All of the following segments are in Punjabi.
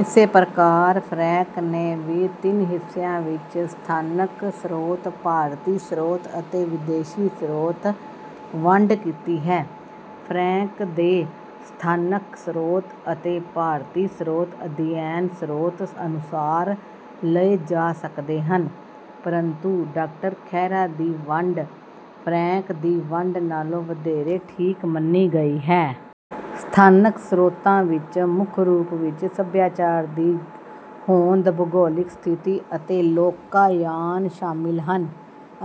ਇਸੇ ਪ੍ਰਕਾਰ ਫਰੈਂਕ ਨੇ ਵੀ ਤਿੰਨ ਹਿੱਸਿਆਂ ਵਿੱਚ ਸਥਾਨਕ ਸਰੋਤ ਭਾਰਤੀ ਸਰੋਤ ਅਤੇ ਵਿਦੇਸ਼ੀ ਸਰੋਤ ਵੰਡ ਕੀਤੀ ਹੈ। ਫਰੈਂਕ ਦੇ ਸਥਾਨਕ ਸਰੋਤ ਅਤੇ ਭਾਰਤੀ ਸਰੋਤ ਅਧਿਐਨ ਸਰੋਤ ਅਨੁਸਾਰ ਲਏ ਜਾ ਸਕਦੇ ਹਨ ਪਰੰਤੂ ਡਾ ਖਹਿਰਾ ਦੀ ਵੰਡ ਫਰੈਂਕ ਦੀ ਵੰਡ ਨਾਲੋਂ ਵਧੇਰੇ ਠੀਕ ਮੰਨੀ ਗਈ ਹੈ। ਸਥਾਨਕ ਸਰੋਤਾਂ ਵਿਚ ਮੁੱਖ ਰੂਪ ਵਿਚ ਸੱਭਿਆਚਾਰ ਦੀ ਹੋਂਦ ਭੂਗੋਲਿਕ ਸਥਿਤੀ ਅਤੇ ਲੋਕਾਯਾਨ ਸ਼ਾਮਿਲ ਹਨ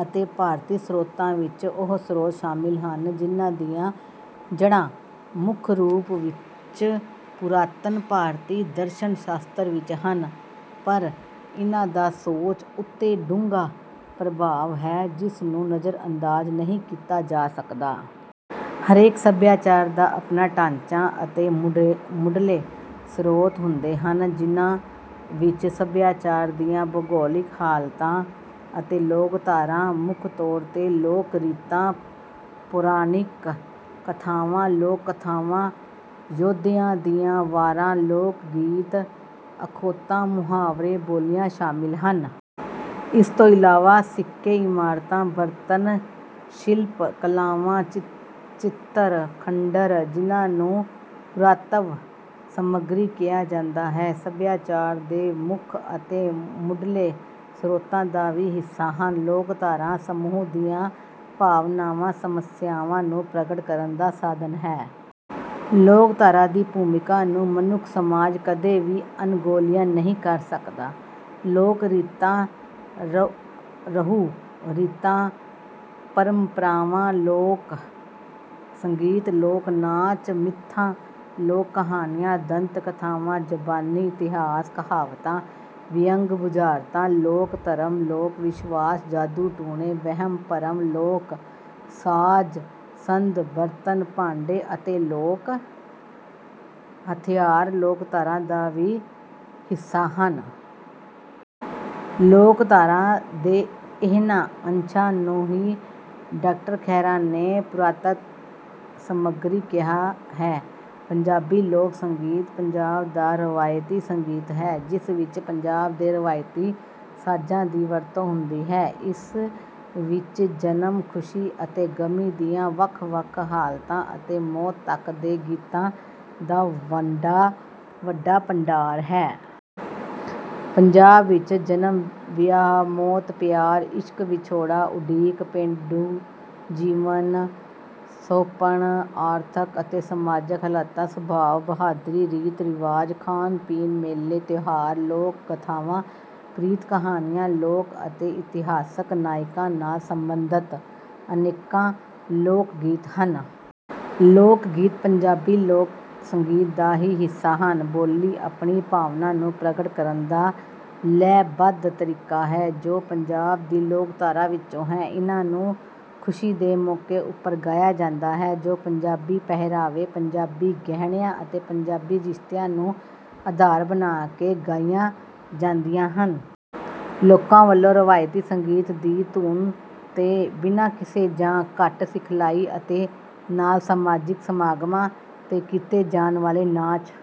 ਅਤੇ ਭਾਰਤੀ ਸਰੋਤਾਂ ਵਿਚ ਉਹ ਸਰੋਤ ਸ਼ਾਮਿਲ ਹਨ ਜਿਨ੍ਹਾਂ ਦੀਆਂ ਜੜ੍ਹਾਂ ਮੁੱਖ ਰੂਪ ਵਿਚ ਪੁਰਾਤਨ ਭਾਰਤੀ ਦਰਸ਼ਨ ਸ਼ਾਸਤਰ ਵਿਚ ਹਨ ਪਰ ਇਨ੍ਹਾਂ ਦਾ ਸੋਚ ਉਤੇ ਡੂੰਘਾ ਪ੍ਰਭਾਵ ਹੈ ਜਿਸ ਨੂੰ ਨਜ਼ਰਅੰਦਾਜ਼ ਨਹੀਂ ਕੀਤਾ ਜਾ ਸਕਦਾ। ਹਰੇਕ ਸੱਭਿਆਚਾਰ ਦਾ ਆਪਣਾ ਢਾਂਚਾ ਅਤੇ ਮੁੱਢਲੇ ਸਰੋਤ ਹੁੰਦੇ ਹਨ ਜਿਨ੍ਹਾਂ ਵਿੱਚ ਸੱਭਿਆਚਾਰ ਦੀਆਂ ਭੂਗੋਲਿਕ ਹਾਲਤਾਂ ਅਤੇ ਲੋਕਧਾਰਾ ਮੁੱਖ ਤੌਰ ਤੇ ਲੋਕ ਰੀਤਾਂ ਪੌਰਾਣਿਕ ਕਥਾਵਾਂ ਲੋਕ ਕਥਾਵਾਂ ਯੋਧਿਆਂ ਦੀਆਂ ਵਾਰਾਂ ਲੋਕ ਗੀਤ ਅਖੌਤਾਂ ਮੁਹਾਵਰੇ ਬੋਲੀਆਂ ਸ਼ਾਮਿਲ ਹਨ। ਇਸ ਤੋਂ ਇਲਾਵਾ ਸਿੱਕੇ ਇਮਾਰਤਾਂ ਬਰਤਨ ਸ਼ਿਲਪ ਕਲਾਵਾਂ ਚਿੱਤਰ ਖੰਡਰ ਜਿਨ੍ਹਾਂ ਨੂੰ ਪੁਰਾਤੱਤਵ ਸਮੱਗਰੀ ਕਿਹਾ ਜਾਂਦਾ ਹੈ ਸੱਭਿਆਚਾਰ ਦੇ ਮੁੱਖ ਅਤੇ ਮੁੱਢਲੇ ਸਰੋਤਾਂ ਦਾ ਹੀ ਹਿੱਸਾ ਹਨ। ਲੋਕਧਾਰਾ ਸਮੂਹ ਦੀਆਂ ਭਾਵਨਾਵਾਂ ਸਮੱਸਿਆਵਾਂ ਨੂੰ ਪ੍ਰਗਟ ਕਰਨ ਦਾ ਸਾਧਨ ਹੈ। ਲੋਕਧਾਰਾ ਦੀ ਭੂਮਿਕਾ ਨੂੰ ਮਨੁੱਖੀ ਸਮਾਜ ਕਦੇ ਵੀ ਅਣਗੌਲਿਆ ਨਹੀਂ ਕਰ ਸਕਦਾ। ਲੋਕ ਰੀਤਾਂ ਰਹੁ ਰੀਤਾਂ ਪਰੰਪਰਾਵਾਂ ਲੋਕ ਸੰਗੀਤ ਲੋਕ ਨਾਚ ਮਿਥਾਂ ਲੋਕ ਕਹਾਣੀਆਂ ਦੰਦ ਕਥਾਵਾਂ ਜ਼ਬਾਨੀ ਇਤਿਹਾਸ ਕਹਾਵਤਾਂ ਵਿਅੰਗ ਬੁਝਾਰਤਾਂ ਲੋਕ ਧਰਮ ਲੋਕ ਵਿਸ਼ਵਾਸ ਜਾਦੂ ਟੂਣੇ ਵਹਿਮ ਭਰਮ ਲੋਕ ਸਾਜ ਸੰਦ ਬਰਤਨ ਭਾਂਡੇ ਅਤੇ ਲੋਕ ਹਥਿਆਰ ਲੋਕਧਾਰਾ ਦਾ ਹੀ ਹਿੱਸਾ ਹਨ। ਲੋਕਧਾਰਾ ਦੇ ਇਹਨਾਂ ਅੰਸ਼ਾਂ ਨੂੰ ਹੀ ਡਾ ਖਹਿਰਾ ਨੇ ਪੁਰਾਤੱਤਵ ਸਮੱਗਰੀ ਕਿਹਾ ਹੈ। ਪੰਜਾਬੀ ਲੋਕ ਸੰਗੀਤ ਪੰਜਾਬ ਦਾ ਰਵਾਇਤੀ ਸੰਗੀਤ ਹੈ ਜਿਸ ਵਿਚ ਪੰਜਾਬ ਦੇ ਰਵਾਇਤੀ ਸਾਜ਼ਾਂ ਦੀ ਵਰਤੋਂ ਹੁੰਦੀ ਹੈ। ਇਸ ਵਿਚ ਜਨਮ ਖੁਸ਼ੀ ਅਤੇ ਗਮੀ ਦੀਆਂ ਵੱਖ ਵੱਖ ਹਾਲਤਾਂ ਅਤੇ ਮੌਤ ਤੱਕ ਦੇ ਗੀਤਾਂ ਦਾ ਵੱਡਾ ਭੰਡਾਰ ਹੈ। ਪੰਜਾਬ ਵਿਚ ਜਨਮ ਵਿਆਹ ਮੌਤ ਪਿਆਰ ਇਸ਼ਕ ਵਿਛੋੜਾ ਉਡੀਕ ਪੇਂਡੂ ਜੀਵਨ ਸੁਹੱਪਣ ਆਰਥਕ ਅਤੇ ਸਮਾਜਕ ਹਾਲਤਾਂ ਸੁਭਾਅ ਬਹਾਦਰੀ ਰੀਤ ਰਿਵਾਜ ਖਾਣ ਪੀਣ ਮੇਲੇ ਤਿਉਹਾਰ ਲੋਕ ਗਾਥਾਵਾਂ ਪ੍ਰੀਤ ਕਹਾਣੀਆਂ ਲੋਕ ਅਤੇ ਇਤਿਹਾਸਕ ਨਾਇਕਾਂ ਨਾਲ ਸਬੰਧਤ ਅਨੇਕਾਂ ਲੋਕ ਗੀਤ ਹਨ। ਲੋਕ ਗੀਤ ਪੰਜਾਬੀ ਲੋਕ ਸੰਗੀਤ ਦਾ ਹੀ ਹਿੱਸਾ ਹਨ। ਬੋਲੀ ਆਪਣੀ ਭਾਵਨਾ ਨੂੰ ਪ੍ਰਗਟ ਕਰਨ ਦਾ ਲੈਅ ਬੱਧ ਤਰੀਕਾ ਹੈ ਜੋ ਪੰਜਾਬ ਦੀ ਲੋਕਧਾਰਾ ਵਿਚੋਂ ਹੈ। ਇਹਨਾਂ ਨੂੰ ਖੁਸ਼ੀ ਦੇ ਮੌਕੇ ਉੱਪਰ ਗਾਇਆ ਜਾਂਦਾ ਹੈ ਜੋ ਪੰਜਾਬੀ ਪਹਿਰਾਵੇ ਪੰਜਾਬੀ ਗਹਿਣਿਆਂ ਅਤੇ ਪੰਜਾਬੀ ਰਿਸ਼ਤਿਆਂ ਨੂੰ ਅਧਾਰ ਬਣਾ ਕੇ ਗਾਈਆਂ ਜਾਂਦੀਆਂ ਹਨ। ਲੋਕਾਂ ਵੱਲੋਂ ਰਵਾਇਤੀ ਸੰਗੀਤ ਦੀ ਧੁਨ ਤੇ ਬਿਨਾਂ ਕਿਸੇ ਜਾਂ ਘੱਟ ਸਿਖਲਾਈ ਅਤੇ ਨਾਲ ਸਮਾਜਿਕ ਸਮਾਗਮਾਂ ਤੇ ਕੀਤੇ ਜਾਣ ਵਾਲੇ ਨਾਚ